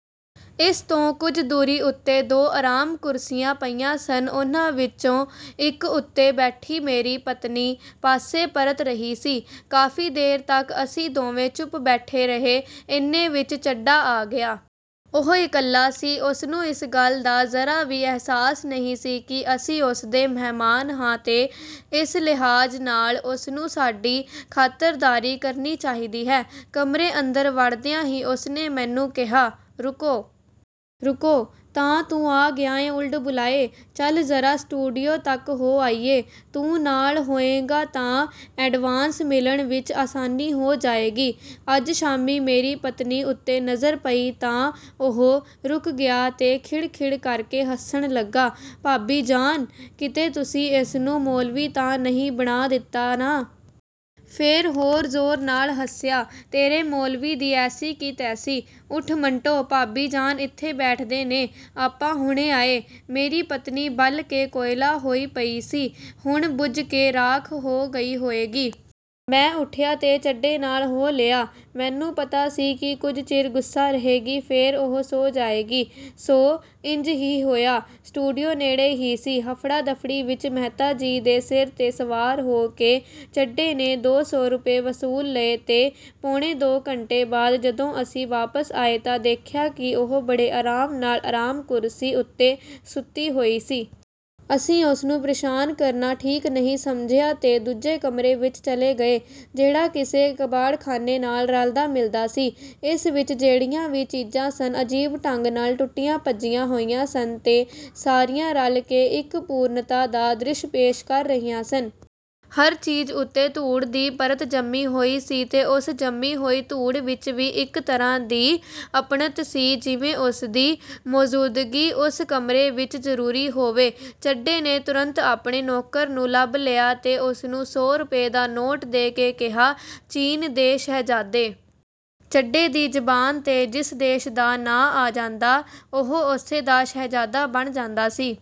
ਇਸ ਤੋਂ ਕੁਝ ਦੂਰੀ ਉੱਤੇ ਦੋ ਆਰਾਮ ਕੁਰਸੀਆਂ ਪਈਆਂ ਸਨ, ਉਹਨਾਂ ਵਿਚੋਂ ਇਕ ਉੱਤੇ ਬੈਠੀ ਮੇਰੀ ਪਤਨੀ ਪਾਸੇ ਪਰਤ ਰਹੀ ਸੀ। ਕਾਫੀ ਦੇਰ ਤਕ ਅਸੀਂ ਦੋਵੇਂ ਚੁੱਪ ਬੈਠੇ ਰਹੇ; ਏਨੇ ਵਿਚ ਚੱਡਾ ਆ ਗਿਆ। ਉਹ ਇਕੱਲਾ ਸੀ। ਉਸਨੂੰ ਇਸ ਗੱਲ ਦਾ ਜ਼ਰਾ ਵੀ ਅਹਿਸਾਸ ਨਹੀਂ ਸੀ ਕਿ ਅਸੀਂ ਉਸਦੇ ਮਹਿਮਾਨ ਹਾਂ ਤੇ ਇਸ ਲਿਹਾਜ਼ ਨਾਲ ਉਸਨੂੰ ਸਾਡੀ ਖਾਤਰਦਾਰੀ ਕਰਨੀ ਚਾਹੀਦੀ ਹੈ। ਕਮਰੇ ਅੰਦਰ ਵੜਦਿਆਂ ਹੀ ਉਸਨੇ ਮੈਨੂੰ ਕਿਹਾ, "ਰੁਕੋ! ਰੁਕੋ! ਤਾਂ ਤੂੰ ਆ ਗਿਐਂ ਓਲਡ ਬੁਆਏ! ਚੱਲ ਜ਼ਰਾ ਸਟੂਡੀਓ ਤਕ ਹੋ ਆਈਏ। ਤੂੰ ਨਾਲ ਹੋਏਂਗਾ ਤਾਂ ਐਡਵਾਂਸ ਮਿਲਣ ਵਿਚ ਆਸਾਨੀ ਹੋ ਜਾਏਗੀ। ਅੱਜ ਸ਼ਾਮੀਂ "ਮੇਰੀ ਪਤਨੀ ਉੱਤੇ ਨਜ਼ਰ ਪਈ ਤਾਂ ਉਹ ਰੁਕ ਗਿਆ ਤੇ ਖਿੜ-ਖਿੜ ਕਰਕੇ ਹੱਸਣ ਲੱਗਾ, "ਭਾਬੀ ਜਾਨ, ਕਿਤੇ ਤੁਸੀਂ ਇਸਨੂੰ ਮੌਲਵੀ ਤਾਂ ਨਹੀਂ ਬਣਾ ਦਿੱਤਾ ਨਾ? " ਫੇਰ ਹੋਰ ਜ਼ੋਰ ਨਾਲ ਹੱਸਿਆ, "ਤੇਰੇ ਮੌਲਵੀ ਦੀ ਐਸੀ ਦੀ ਤੈਸੀ! ਉੱਠ ਮੰਟੋ, ਭਾਬੀ ਜਾਨ ਇੱਥੇ ਬੈਠਦੇ ਨੇ, ਆਪਾਂ ਹੁਣੇ ਆਏ। " ਮੇਰੀ ਪਤਨੀ ਬਲ ਕੇ ਕੋਇਲਾ ਹੋਈ ਪਈ ਸੀ, ਹੁਣ ਬੁਝ ਕੇ ਰਾਖ ਹੋ ਗਈ ਹੋਏਗੀ। ਮੈਂ ਉੱਠਿਆ ਤੇ ਚੱਡੇ ਨਾਲ ਹੋ ਲਿਆ। ਮੈਨੂੰ ਪਤਾ ਸੀ ਕਿ ਕੁਝ ਚਿਰ ਗੁੱਸੇ ਰਹੇਗੀ ਫੇਰ ਉਹ ਸੌਂ ਜਾਏਗੀ। ਸੋ ਇੰਜ ਹੀ ਹੋਇਆ। ਸਟੂਡੀਓ ਨੇੜੇ ਹੀ ਸੀ। ਹਫ਼ੜਾ-ਦਫ਼ੜੀ ਵਿਚ ਮਹਿਤਾ ਜੀ ਦੇ ਸਿਰ 'ਤੇ ਸਵਾਰ ਹੋ ਕੇ ਚੱਢੇ ਨੇ ਦੋ ਸੌ ਰੁਪਏ ਵਸੂਲ ਲਏ ਤੇ ਪੌਣੇ ਦੋ ਘੰਟੇ ਬਾਅਦ ਜਦੋਂ ਅਸੀਂ ਵਾਪਸ ਆਏ ਤਾਂ ਦੇਖਿਆ ਕਿ ਉਹ ਬੜੇ ਆਰਾਮ ਨਾਲ, ਆਰਾਮ ਕੁਰਸੀ ਉੱਤੇ ਸੁੱਤੀ ਹੋਈ ਸੀ। ਅਸੀਂ ਉਸਨੂੰ ਪ੍ਰੇਸ਼ਾਨ ਕਰਨਾ ਠੀਕ ਨਹੀਂ ਸਮਝਿਆ ਤੇ ਦੂਜੇ ਕਮਰੇ ਵਿਚ ਚਲੇ ਗਏ, ਜਿਹੜਾ ਕਿਸੇ ਕਬਾੜਖਾਨੇ ਨਾਲ ਰਲਦਾ-ਮਿਲਦਾ ਸੀ। ਇਸ ਵਿਚ ਜਿਹੜੀਆਂ ਵੀ ਚੀਜ਼ਾਂ ਸਨ, ਅਜੀਬ ਢੰਗ ਨਾਲ ਟੁੱਟੀਆਂ-ਭੱਜੀਆਂ ਹੋਈਆਂ ਸਨ ਤੇ ਸਾਰੀਆਂ ਰਲ ਕੇ ਇਕ ਪੂਰਨਤਾ ਦਾ ਦ੍ਰਿਸ਼ ਪੇਸ਼ ਕਰ ਰਹੀਆਂ ਸਨ। ਹਰ ਚੀਜ਼ ਉੱਤੇ ਧੂੜ ਦੀ ਪਰਤ ਜੰਮੀ ਹੋਈ ਸੀ ਤੇ ਉਸ ਜੰਮੀ ਹੋਈ ਧੂੜ ਵਿਚ ਵੀ ਇਕ ਤਰ੍ਹਾਂ ਦੀ ਅਪਣੱਤ ਸੀ, ਜਿਵੇਂ ਉਸਦੀ ਮੌਜ਼ੂਦਗੀ ਉਸ ਕਮਰੇ ਵਿਚ ਜਰੂਰੀ ਹੋਏ। ਚੱਡੇ ਨੇ ਤੁਰੰਤ ਆਪਣੇ ਨੌਕਰ ਨੂੰ ਲੱਭ ਲਿਆ ਤੇ ਉਸਨੂੰ ਸੌ ਰੁਪਏ ਦਾ ਨੋਟ ਦੇ ਕੇ ਕਿਹਾ, "ਚੀਨ ਦੇ ਸ਼ਹਿਜ਼ਾਦੇ! ਚੱਡੇ ਦੀ ਜ਼ਬਾਨ 'ਤੇ ਜਿਸ ਦੇਸ਼ ਦਾ ਨਾਂਅ ਆ ਜਾਂਦਾ, ਉਹ ਉਸੇ ਦਾ ਸ਼ਹਿਜ਼ਾਦਾ ਬਣ ਜਾਂਦਾ ਸੀ।